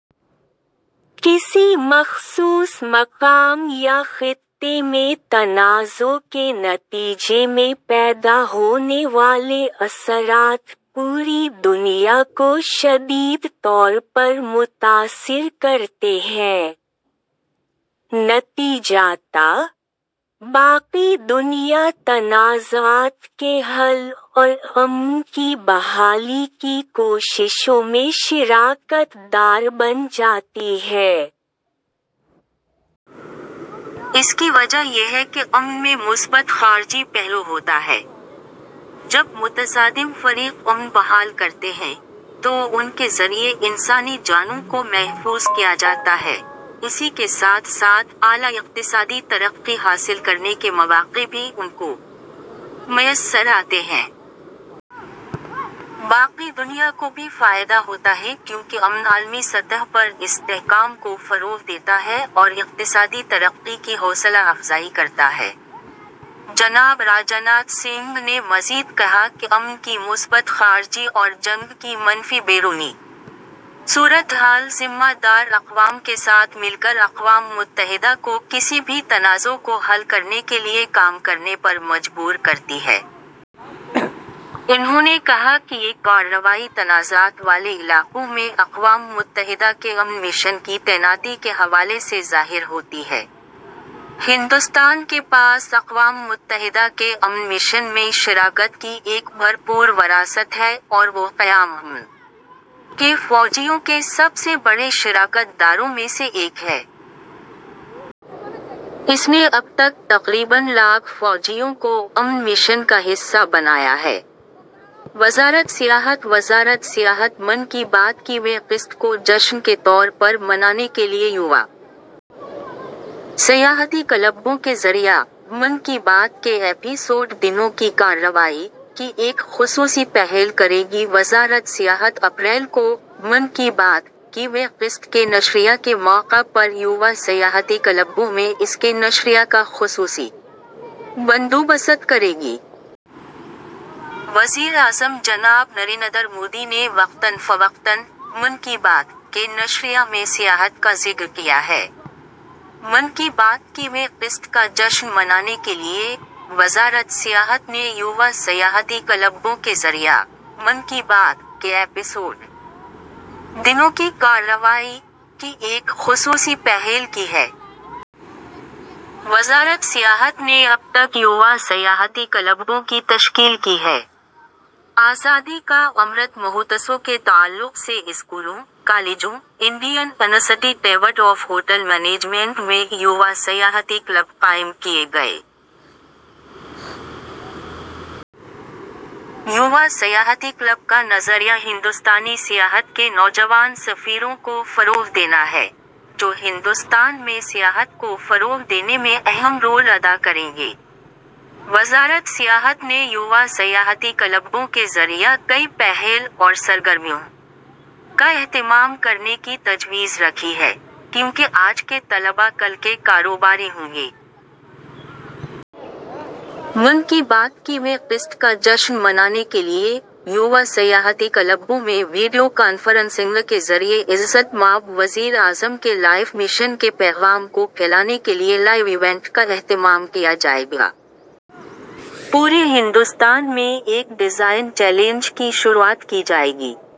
کسی خاص جگہ یا علاقے میں ہونے والے تنازعے کے نتیجے میں جو موج درموج اثرات سامنے آتے ہیں وہ پوری دنیا کو بری طرح متاثر کرتے ہے۔ لہٰذا، باقی دنیا تنازعات کو حل کرنے اور امن کی بحالی کے پروگرام میں شراکت دار بن جاتی ہے۔ اس کی وجہ یہ ہے کہ امن میں مثبت خارجی پہلو ہوتا ہے۔ جب متصادم فریق امن بحال کرتے ہیں، تو ان کے ذریعے انسانی جانوں کو محفوظ کیاجاتا ہے، اسی کے ساتھ ساتھ اعلیٰ اقتصادی ترقی حاصل کرنے کے مواقع بھی ان کو میسر آتے ہیں۔ باقی دنیا کو بھی فائدہ ہوتا ہے کیونکہ امن عالمی سطح پر استحکام کو فروغ دیتا ہے اور اقتصادی ترقی کی حوصلہ افزائی کرتا ہے،'' ۔ جناب راجناتھ سنگھ نے مزید کہا کہ امن کی مثبت خارجی اور جنگ کی منفی بیرونی صورت حال ذمہ دار اقوام کے ساتھ مل کر اقوام متحدہ کو کسی بھی تنازع کو حل کرنے کے لیے کام کرنے پر مجبور کرتی ہے۔ انہوں نے کہا کہ یہ کارروائی تنازعات والے علاقوں میں اقوام متحدہ کے امن مشن کی تعیناتی کے حوالے سے ظاہر ہوتی ہے۔ ہندوستان کے پاس اقوام متحدہ کے امن مشن میں شراکت کی ایک بھرپور وراثت ہے اور وہ قیام امن کے فوجیوں کے سب سے بڑے شراکت داروں میں سے ایک ہے۔ اس نے اب تک تقریباً لاکھ فوجیوں کو امن مشن کا حصہ بنایا ہے،. وزارت سیاحت وزارت سیاحت من کی بات کی ویں قسط کو جشن کے طور پر منانے کے لئے یووا سیاحتی کلبوں کے ذریعہ ''من کی بات کے ایپی سوڈ دنوں کی کارروائی'' کی ایک خصوصی پہل کرے گی وزارت سیاحت اپریل کو'من کی بات' کی ویں قسط کے نشریہ کے موقع پر یووا سیاحتی کلبوں میں اس کے نشریہ کا خصوصی بندوبست کرے گی۔ وزیر اعظم جناب نریندر مودی نے وقتاً فوقتاً 'من کی بات' کے نشریہ میں سیاحت کا ذکر کیا ہے۔ من کی بات کی ویں قسط کا جشن منانے کے لیے، وزارت سیاحت نے یووا سیاحتی کلبوں کے ذریعہ '' من کی بات '' کے ایپیسوڈ- دنوں کی کارروائی '' کی ایک خصوصی پہل کی ہے۔ وزارت سیاحت نے اب تک یووا سیاحتی کلبوں کی تشکیل کی ہے ۔ آزادی کا امرت مہوتسو کے تعلق سے اسکولوں، کالجوں، Indian institute of hotel management میں یووا سیاحتی کلب قائم کیے گئے۔ یووا سیاحتی کلب کا نظریہ ہندوستانی سیاحت کے نوجوان سفیروں کو فروغ دینا ہے ، جو ہندوستان میں سیاحت کو فروغ دینے میں اہم رول ادا کریں گے۔ وزارت سیاحت نے یووا سیاحتی کلبوں کے ذریعہ کئی پہل اور سرگرمیوں کا اہتمام کرنے کی تجویز رکھی ہے، کیونکہ آج کے طلباء کل کے کاروباری ہوں گے۔ من کی بات کی ویں قسط کا جشن منانے کے لیے، یووا سیاحتی کلبوں میں ویڈیو کانفرنسنگ کے ذریعے عزت مآب وزیر اعظم کے لائف مشن کے پیغام کو پھیلانے کے لیے لائیو ایونٹ کا اہتمام کیا جائے گا ۔ پورے ہندوستان میں ایک ڈیزائن چیلنج کی شروعات کی جائے گی ۔